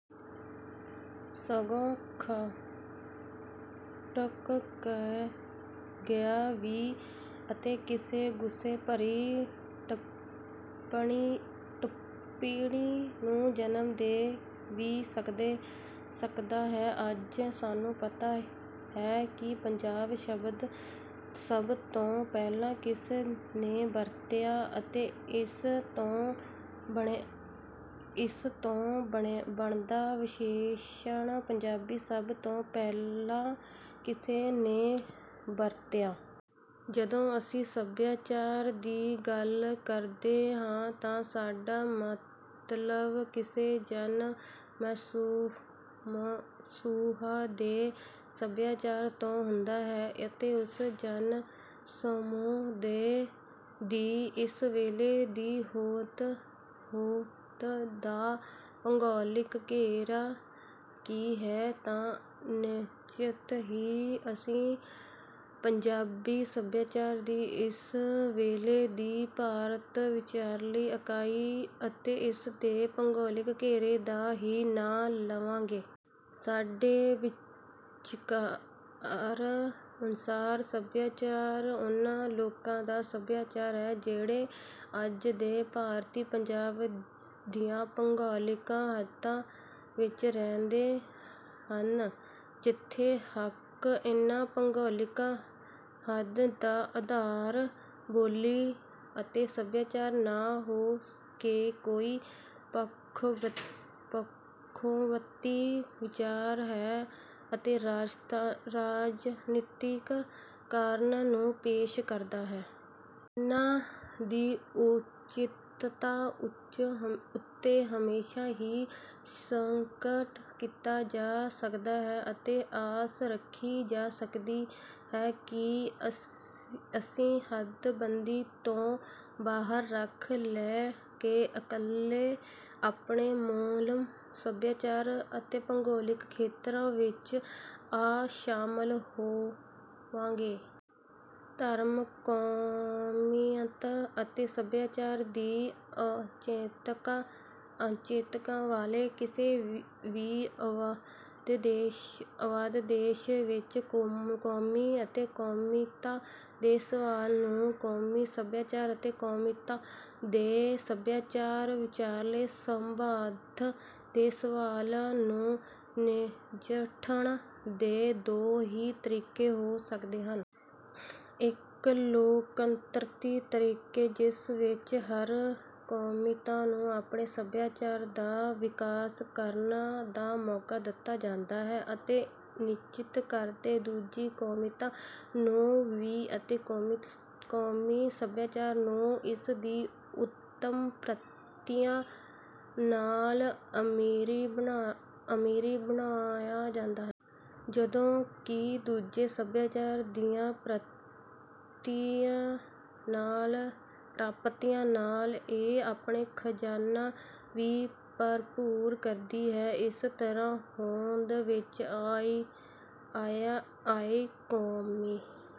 ਸਗੋਂ ਖਟਕੇਗਾ ਵੀ ਅਤੇ ਕਿਸੇ ਗੁੱਸੇ ਭਰੀ ਟਿੱਪਣੀ ਨੂੰ ਜਨਮ ਦੇ ਵੀ ਸਕਦਾ ਹੈ। ਅੱਜ ਸਾਨੂੰ ਪਤਾ ਹੈ ਕਿ ਪੰਜਾਬ ਸ਼ਬਦ ਸਭ ਤੋਂ ਪਹਿਲਾਂ ਕਿਸਨੇ ਵਰਤਿਆ ਅਤੇ ਇਸ ਤੋਂ ਬਣਦਾ ਵਿਸ਼ੇਸ਼ਣ ਪੰਜਾਬੀ ਸਭ ਤੋਂ ਪਹਿਲਾਂ ਕਿਸ ਨੇ ਵਰਤਿਆ। ਜਦੋਂ ਅਸੀਂ ਸੱਭਿਆਚਾਰ ਦੀ ਗੱਲ ਕਰਦੇ ਹਾਂ ਤਾਂ ਸਾਡਾ ਮਤਲਬ ਕਿਸੇ ਜਨ ਸਮੂਹ ਦੇ ਸੱਭਿਆਚਾਰ ਤੋਂ ਹੁੰਦਾ ਹੈ ਅਤੇ ਉਸ ਜਨ ਸਮੂਹ ਦੀ ਇਸ ਵੇਲੇ ਦੀ ਹੋਂਦ ਦਾ ਭੂਗੋਲਿਕ ਘੇਰਾ ਕੀ ਹੈ। ਤਾਂ ਨਿਸਚੇ ਹੀ ਅਸੀਂ ਪੰਜਾਬੀ ਸੱਭਿਆਚਾਰ ਦੀ ਇਸ ਵੇਲੇ ਦੀ ਭਾਰਤ ਵਿੱਚਲੀ ਇਕਾਈ ਅਤੇ ਇਸਦੇ ਭੂਗੋਲਿਕ ਘੇਰੇ ਦਾ ਹੀ ਨਾਂ ਲਵਾਂਗੇ। ਸਾਡੇ ਵਿਚਾਰ ਅਨੁਸਾਰ ਸੱਭਿਆਚਾਰ ਉਨ੍ਹਾਂ ਲੋਕਾਂ ਦਾ ਸੱਭਿਆਚਾਰ ਹੈ। ਜਿਹੜੇ ਅੱਜ ਦੇ ਭਾਰਤੀ ਪੰਜਾਬ ਦੀਆਂ ਭੂਗੋਲਿਕ ਹੱਦਾਂ ਵਿੱਚ ਰਹਿ ਰਹੇ ਹਨ। ਜਿੱਥੇ ਤੱਕ ਇਹਨਾਂ ਭੂਗੋਲਿਕ ਹੱਦਾਂ ਦਾ ਆਧਾਰ ਬੋਲੀ ਅਤੇ ਸੱਭਿਆਚਾਰ ਨਾ ਹੋ ਕੇ ਕੋਈ ਪੱਖਪਾਤੀ ਵਿਚਾਰ ਹੈ ਅਤੇ ਰਾਜਨੀਤਿਕ ਕਾਰਨਾਂ ਨੂੰ ਪੇਸ਼ ਕਰਦਾ ਹੈ। ਇਹਨਾਂ ਦੀ ਉਚਿਤਤਾ ਉੱਤੇ ਹਮੇਸ਼ਾ ਹੀ ਸ਼ੰਕਾ ਕੀਤਾ ਜਾ ਸਕਦਾ ਹੈ ਅਤੇ ਆਸ ਰੱਖੀ ਜਾ ਸਕਦੀ ਹੈ ਕਿ ਇਸ ਹੱਦਬੰਦੀ ਤੋਂ ਬਾਹਰ ਰੱਖ ਲਏ ਗਏ ਇਲਾਕੇ ਆਪਣੇ ਮੂਲ ਸੱਭਿਆਚਾਰ ਅਤੇ ਭੂਗੋਲਿਕ ਖੇਤਰ ਵਿੱਚ ਆ ਸ਼ਾਮਿਲ ਹੋਵਣਗੇ। ਧਰਮਾਂ ਕੌਮੀਅਤਾਂ ਅਤੇ ਸੱਭਿਆਚਾਰਾਂ ਦੀ ਅਨੇਕਤਾ ਵਾਲੇ ਕਿਸੇ ਵੀ ਅਜ਼ਾਦ ਦੇਸ਼ ਵਿੱਚ ਕੌਮੀ ਅਤੇ ਕੌਮੀਅਤ ਦੇ ਸਵਾਲ ਨੂੰ ਕੌਮੀ ਸੱਭਿਆਚਾਰ ਅਤੇ ਕੌਮੀਅਤਾਂ ਦੇ ਸੱਭਿਆਚਾਰਾਂ ਵਿੱਚਲੇ ਸਬੰਧਾਂ ਦੇ ਸਵਾਲ ਨੂੰ ਨਜਿੱਠਣ ਦੇ ਦੋ ਹੀ ਤਰੀਕੇ ਹੋ ਸਕਦੇ ਹਨ। ਇੱਕ ਲੋਕਤੰਤਰੀ ਤਰੀਕਾ ਜਿਸ ਵਿੱਚ ਹਰ ਕੌਮੀਅਤ ਨੂੰ ਆਪਣੇ ਸੱਭਿਆਚਾਰ ਦਾ ਵਿਕਾਸ ਕਰਨ ਦਾ ਮੌਕਾ ਦਿੱਤਾ ਜਾਂਦਾ ਹੈ ਅਤੇ ਇੰਜ ਕਰਦਿਆਂ ਦੂਜੀਆਂ ਕੌਮੀਅਤਾਂ ਨੂੰ ਵੀ ਅਤੇ ਕੌਮੀ ਸੱਭਿਆਚਾਰ ਨੂੰ ਵੀ ਇਸ ਦੀਆਂ ਉੱਤਮ ਪ੍ਰਾਪਤੀਆਂ ਨਾਲ ਅਮੀਰ ਬਣਾਇਆ ਜਾਂਦਾ ਹੈ। ਜਦੋਂ ਕਿ ਦੂਜੇ ਸੱਭਿਆਚਾਰ ਦੀਆਂ ਪ੍ਰਾਪਤੀਆਂ ਨਾਲ ਇਹ ਆਪਣਾ ਖਜ਼ਾਨਾ ਵੀ ਭਰਪੂਰ ਕਰਦੀ ਹੈ। ਇਸ ਤਰ੍ਹਾਂ ਹੋਂਦ ਵਿੱਚ ਆਇਆ ਕੌਮੀ